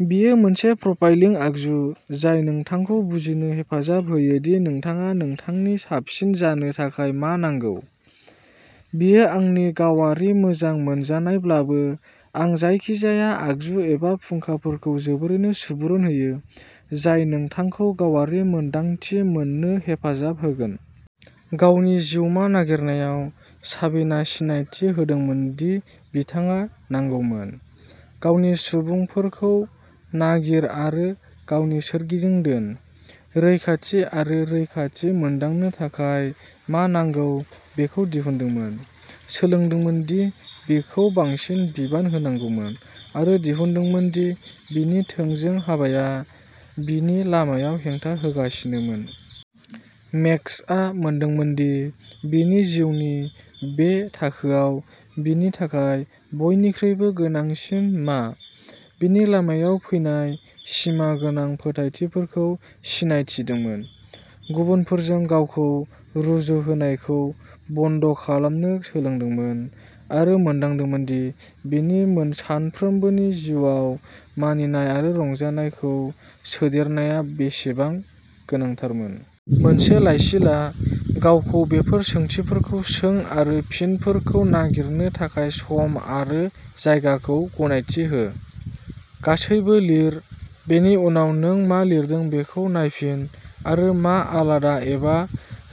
बेयो मोनसे प्रफाइलिं आगजु जाय नोंथांखौ बुजिनो हेफाजाब होयो दि नोंथाङा नोंथांनि साबसिन जानो थाखाय मा नांगौ। बेयो आंनि गावारि मोजां मोनजानायब्लाबो, आं जायखिजाया आगजु एबा फुंखाफोरखौ जोबोरैनो सुबुरुन होयो जाय नोंथांखौ गावारि मोनदांथि मोन्नो हेफाजाब होगोन। गावनि जिउमा नागिरनायाव, साबिना सिनायथि होदोंमोन दि बिथाङा नांगौमोन। गावनि "सुबुंफोर" खौ नागिर आरो गावनि सोरगिदिं दोन; रैखाथि आरो रैखाथि मोनदांनो थाखाय मा नांगौ बेखौ दिहुनदोंमोन; सोलोंदोंमोन दि बिखौ बांसिन बिबान होनांगौमोन; आरो दिहुनदोंमोन दि बिनि थोंजों हाबाया बिनि लामायाव हेंथा होगासिनोमोन। मेक्सआ मोनदांदोंमोन दि बिनि जिउनि बे थाखोआव बिनि थाखाय बयनिख्रुइबो गोनांसिन मा, बिनि लामायाव फैनाय सिमा गोनां फोथायथिफोरखौ सिनायथिदोंमोन, गुबुनफोरजों गावखौ रुजुहोनायखौ बन्द खालामनो सोलोंदोंमोन आरो मोनदांदोंमोन दि बिनि सानफ्रोमबोनि जिउआव मिनिनाय आरो रंजानायखौ सोदेरनाया बेसेबां गोनांथारमोन। मोनसे लाइसि ला। गावखौ बेफोर सोंथिफोरखौ सों आरो फिनफोरखौ नागिरनो थाखाय सम आरो जायगाखौ गनायथि हो। गासैबो लिर। बेनि उनाव, नों मा लिरदों बेखौ नायफिन आरो मा आलादा एबा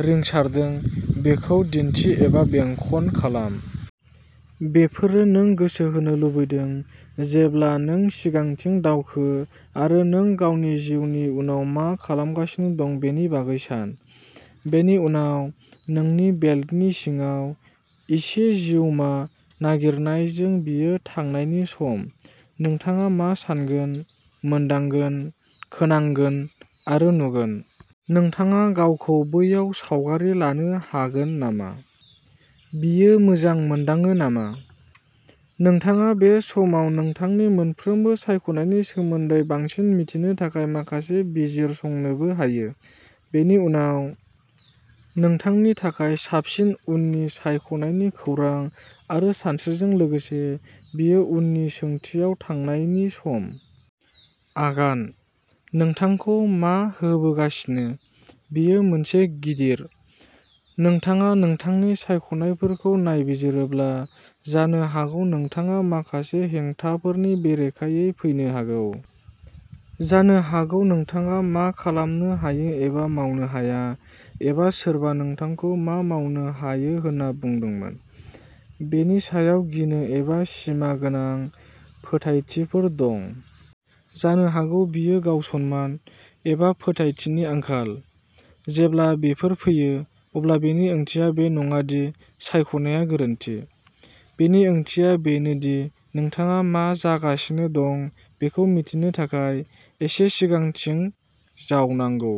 रिंसारदों बेखौ दिन्थि एबा बेंखन खालाम। बेफोरो नों गोसो होनो लुबैदों जेब्ला नों सिगांथिं दावखो आरो नों गावनि जिउनि उनाव मा खालामगासिनो दं बेनि बागै सान। बेनि उनाव, नोंनि बेल्टनि सिङाव एसे जिउमा नागिरनायजों, बेयो थांनायनि सम। नोंथाङा मा सान्गोन, मोनदांगोन, खोनांगोन आरो नुगोन? नोंथाङा गावखौ बैयाव सावगारि लानो हागोन नामा? बेयो मोजां मोनदाङो नामा? नोंथाङा बे समाव नोंथांनि मोनफ्रोमबो सायख'नायनि सोमोन्दै बांसिन मिथिनो थाखाय माखासे बिजिरसंनोबो हायो। बेनि उनाव, नोंथांनि थाखाय साबसिन उननि सायख'नायनि खौरां आरो सानस्रिजों लोगोसे, बेयो उननि सोंथियाव थांनायनि सम। आगान: नोंथांखौ मा होबोगासिनो? बेयो मोनसे गिदिर। नोंथाङा नोंथांनि सायख'नायफोरखौ नायबिजिरोब्ला, जानो हागौ नोंथाङा माखासे हेंथाफोरनि बेरेखायै फैनो हागौ। जानो हागौ नोंथाङा मा खालामनो हायो एबा मावनो हाया एबा सोरबा नोंथांखौ मा मावनो हायो होनना बुंदोंमोन बेनि सायाव गिनो एबा सिमा गोनां फोथायथिफोर दं। जानो हागौ बेयो गाव-सनमान एबा फोथायथिनि आंखाल। जेब्ला बेफोर फैयो, अब्ला बेनि ओंथिया बे नङा दि सायख'नाया गोरोन्थि, बेनि ओंथिया बेनो दि नोंथाङा मा जागासिनो दं बेखौ मिथिनो थाखाय एसे सिगांथिं जावनांगौ।